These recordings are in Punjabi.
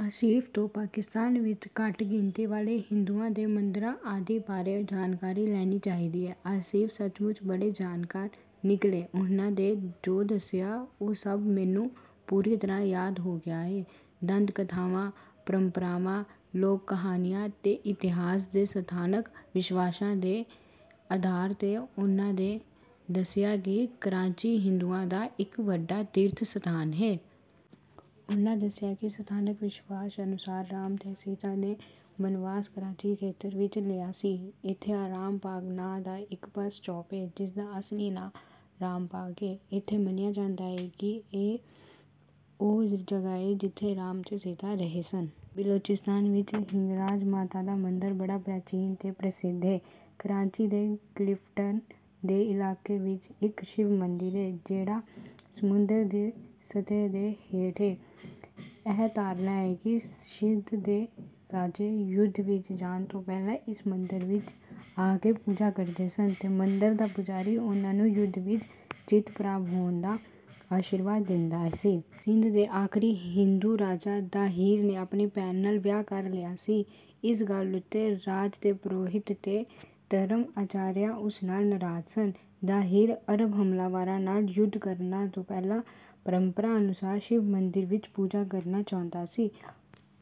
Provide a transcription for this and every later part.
ਆਸਿਫ ਤੋਂ ਪਾਕਿਸਤਾਨ ਵਿੱਚ ਘੱਟ-ਗਿਣਤੀ ਵਾਲੇ ਹਿੰਦੂਆਂ ਤੇ ਮੰਦਰਾਂ ਆਦਿ ਬਾਰੇ ਜਾਣਕਾਰੀ ਲੈਣੀ ਚਾਹੀਦੀ ਹੈ। ਆਸਿਫ ਸੱਚਮੁੱਚ ਬੜੇ ਜਾਣਕਾਰ ਨਿਕਲੇ। ਉਹਨਾਂ ਨੇ ਜੋ ਦੱਸਿਆ, ਉਹ ਸਭ ਮੈਨੂੰ ਪੂਰੀ ਤਰ੍ਹਾਂ ਯਾਦ ਹੋ ਗਿਆ ਹੈ—ਦੰਦ-ਕਥਾਵਾਂ, ਪਰੰਪਰਾਵਾਂ, ਲੋਕ-ਕਹਾਣੀਆਂ ਤੇ ਇਤਿਹਾਸ ਦੇ ਸਥਾਨਕ ਵਿਸ਼ਵਾਸਾਂ ਦੇ ਆਧਾਰ 'ਤੇ ਉਹਨਾਂ ਨੇ ਦੱਸਿਆ ਕਿ ਕਰਾਚੀ ਹਿੰਦੂਆਂ ਦਾ ਇੱਕ ਵੱਡਾ ਤੀਰਥ-ਸਥਾਨ ਹੇ। ਉਹਨਾਂ ਦੱਸਿਆ ਕਿ ਸਥਾਨਕ ਵਿਸ਼ਵਾਸ ਅਨੁਸਾਰ ਰਾਮ ਤੇ ਸੀਤਾ ਨੇ ਬਨਵਾਸ ਕਰਾਚੀ ਖੇਤਰ ਵਿੱਚ ਲਿਆ ਸੀ। ਇੱਥੇ ਆਰਾਮ ਬਾਗ਼ ਨਾਂ ਦਾ ਇੱਕ ਬੱਸ-ਸਟਾਪ ਹੈ, ਜਿਸਦਾ ਅਸਲੀ ਨਾਂ ਰਾਮ ਬਾਗ਼ ਹੈ। ਇੱਥੇ ਮੰਨਿਆ ਜਾਂਦਾ ਹੈ ਕਿ ਇਹੀ ਉਹ ਜਗ੍ਹਾ ਹੈ, ਜਿੱਥੇ ਰਾਮ ਤੇ ਸੀਤਾ ਰਹੇ ਸਨ। ਬਿਲੋਚਿਸਤਾਨ ਵਿੱਚ ਹਿੰਗਲਾਜ ਮਾਤਾ ਦਾ ਮੰਦਰ ਬੜਾ ਪ੍ਰਾਚੀਨ ਤੇ ਪ੍ਰਸਿੱਧ ਹੈ। ਕਰਾਚੀ ਦੇ ਕਲਿਫਟਨ ਦੇ ਇਲਾਕੇ ਵਿੱਚ ਇੱਕ ਸ਼ਿਵ ਮੰਦਰ ਹੈ, ਜਿਹੜਾ ਸਮੁੰਦਰ ਦੀ ਸਤਹ ਦੇ ਹੇਠ ਹੈ। ਇਹ ਧਾਰਨਾ ਹੈ ਕਿ ਸਿੰਧ ਦੇ ਰਾਜੇ ਯੁੱਧ ਵਿੱਚ ਜਾਣ ਤੋਂ ਪਹਿਲਾਂ ਇਸ ਮੰਦਰ ਵਿੱਚ ਆ ਕੇ ਪੂਜਾ ਕਰਦੇ ਸਨ ਤੇ ਮੰਦਰ ਦਾ ਪੁਜਾਰੀ ਉਹਨਾਂ ਨੂੰ ਯੁੱਧ ਵਿੱਚ ਜਿੱਤ ਪ੍ਰਾਪਤ ਹੋਣ ਦਾ ਅਸ਼ੀਰਵਾਦ ਦੇਂਦਾ ਸੀ। ਸਿੰਧ ਦੇ ਆਖ਼ਰੀ ਹਿੰਦੂ ਰਾਜਾ ਦਾਹਿਰ ਨੇ ਆਪਣੀ ਭੈਣ ਨਾਲ ਵਿਆਹ ਕਰ ਲਿਆ ਸੀ। ਇਸ ਗੱਲ ਉੱਤੇ ਰਾਜ ਦੇ ਪੁਰੋਹਿਤ ਤੇ ਧਰਮ-ਆਚਾਰੀਆ ਉਸ ਨਾਲ ਨਾਰਾਜ਼ ਸਨ। ਦਾਹਿਰ, ਅਰਬ ਹਮਲਾਵਰਾਂ ਨਾਲ ਯੁੱਧ ਕਰਨ ਤੋਂ ਪਹਿਲਾਂ, ਪਰੰਪਰਾ ਅਨੁਸਾਰ ਸ਼ਿਵ ਮੰਦਰ ਵਿੱਚ ਪੂਜਾ ਕਰਨਾ ਚਾਹੁੰਦਾ ਸੀ,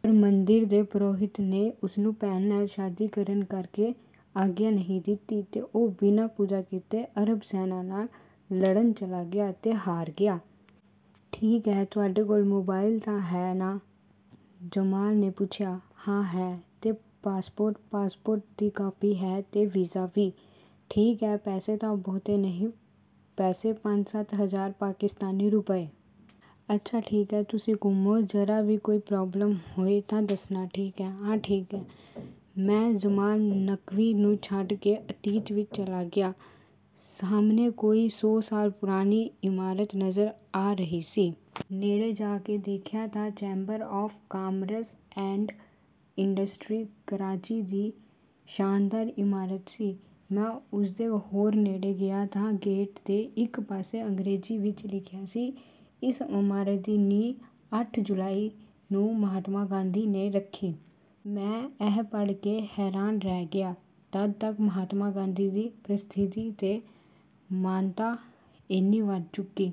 ਪਰ ਮੰਦਰ ਦੇ ਪੁਰੋਹਿਤ ਨੇ ਉਸਨੂੰ ਭੈਣ ਨਾਲ ਸ਼ਾਦੀ ਕਰਨ ਕਰਕੇ ਆਗਿਆ ਨਹੀਂ ਦਿੱਤੀ ਤੇ ਉਹ ਬਿਨਾਂ ਪੂਜਾ ਕੀਤੇ ਅਰਬ ਸੈਨਾ ਨਾਲ ਲੜਨ ਚਲਾ ਗਿਆ ਤੇ ਹਾਰ ਗਿਆ। "ਠੀਕ ਏ... ਤੁਹਾਡੇ ਕੋਲ ਮੋਬਾਇਲ ਤਾਂ ਹੈ ਨਾ?" ਜਮਾਲ ਨੇ ਪੁੱਛਿਆ। "ਹਾਂ, ਹੈ।" "ਤੇ ਪਾਸਪੋਰਟ?" "ਪਾਸਪੋਰਟ ਦੀ ਕਾਪੀ ਹੈ... ਤੇ ਵੀਜ਼ਾ ਵੀ...।" "ਠੀਕ ਐ... ਪੈਸੇ ਤਾਂ ਬਹੁਤੇ ਨਹੀਂ?" "ਪੈਸੇ ਪੰਜ-ਸੱਤ ਹਜ਼ਾਰ ਪਾਕਿਸਤਾਨੀ ਰੁਪਏ।" "ਅੱਛਾ... ਠੀਕ ਐ... ਤੁਸੀਂ ਘੁੰਮੋ... ਜ਼ਰਾ ਵੀ ਕੋਈ ਪ੍ਰਾਬਲਮ ਹੋਏ ਤਾਂ ਦੱਸਣਾ, ਠੀਕ ਏ।" "ਹਾਂ... ਠੀਕ ਏ।" ਮੈਂ ਜਮਾਲ ਨਕਵੀ ਨੂੰ ਛੱਡ ਕੇ ਅਤੀਤ ਵਿੱਚ ਚਲਾ ਗਿਆ। ਸਾਹਮਣੇ ਕੋਈ ਸੌ ਸਾਲ ਪੁਰਾਣੀ ਇਮਾਰਤ ਨਜ਼ਰ ਆ ਰਹੀ ਸੀ। ਨੇੜੇ ਜਾ ਕੇ ਦੇਖਿਆ ਤਾਂ chamber of commerce and industry, Karachi ਦੀ ਸ਼ਾਨਦਾਰ ਇਮਾਰਤ ਸੀ। ਮੈਂ ਉਸਦੇ ਹੋਰ ਨੇੜੇ ਗਿਆ ਤਾਂ ਗੇਟ ਦੇ ਇੱਕ ਪਾਸੇ ਅੰਗਰੇਜ਼ੀ ਵਿੱਚ ਲਿਖਿਆ ਸੀ, "ਇਸ ਇਮਾਰਤ ਦੀ ਨੀਂਹ ਅੱਠ ਜੁਲਾਈ ਨੂੰ ਮਹਾਤਮਾ ਗਾਂਧੀ ਨੇ ਰੱਖੀ।" ਮੈਂ ਇਹ ਪੜ੍ਹ ਕੇ ਹੈਰਾਨ ਰਹਿ ਗਿਆ। ਤਦ ਤੱਕ ਮਹਾਤਮਾ ਗਾਂਧੀ ਦੀ ਪ੍ਰਸਿੱਧੀ ਤੇ ਮਾਨਤਾ ਏਨੀ ਵੱਧ ਚੁੱਕੀ...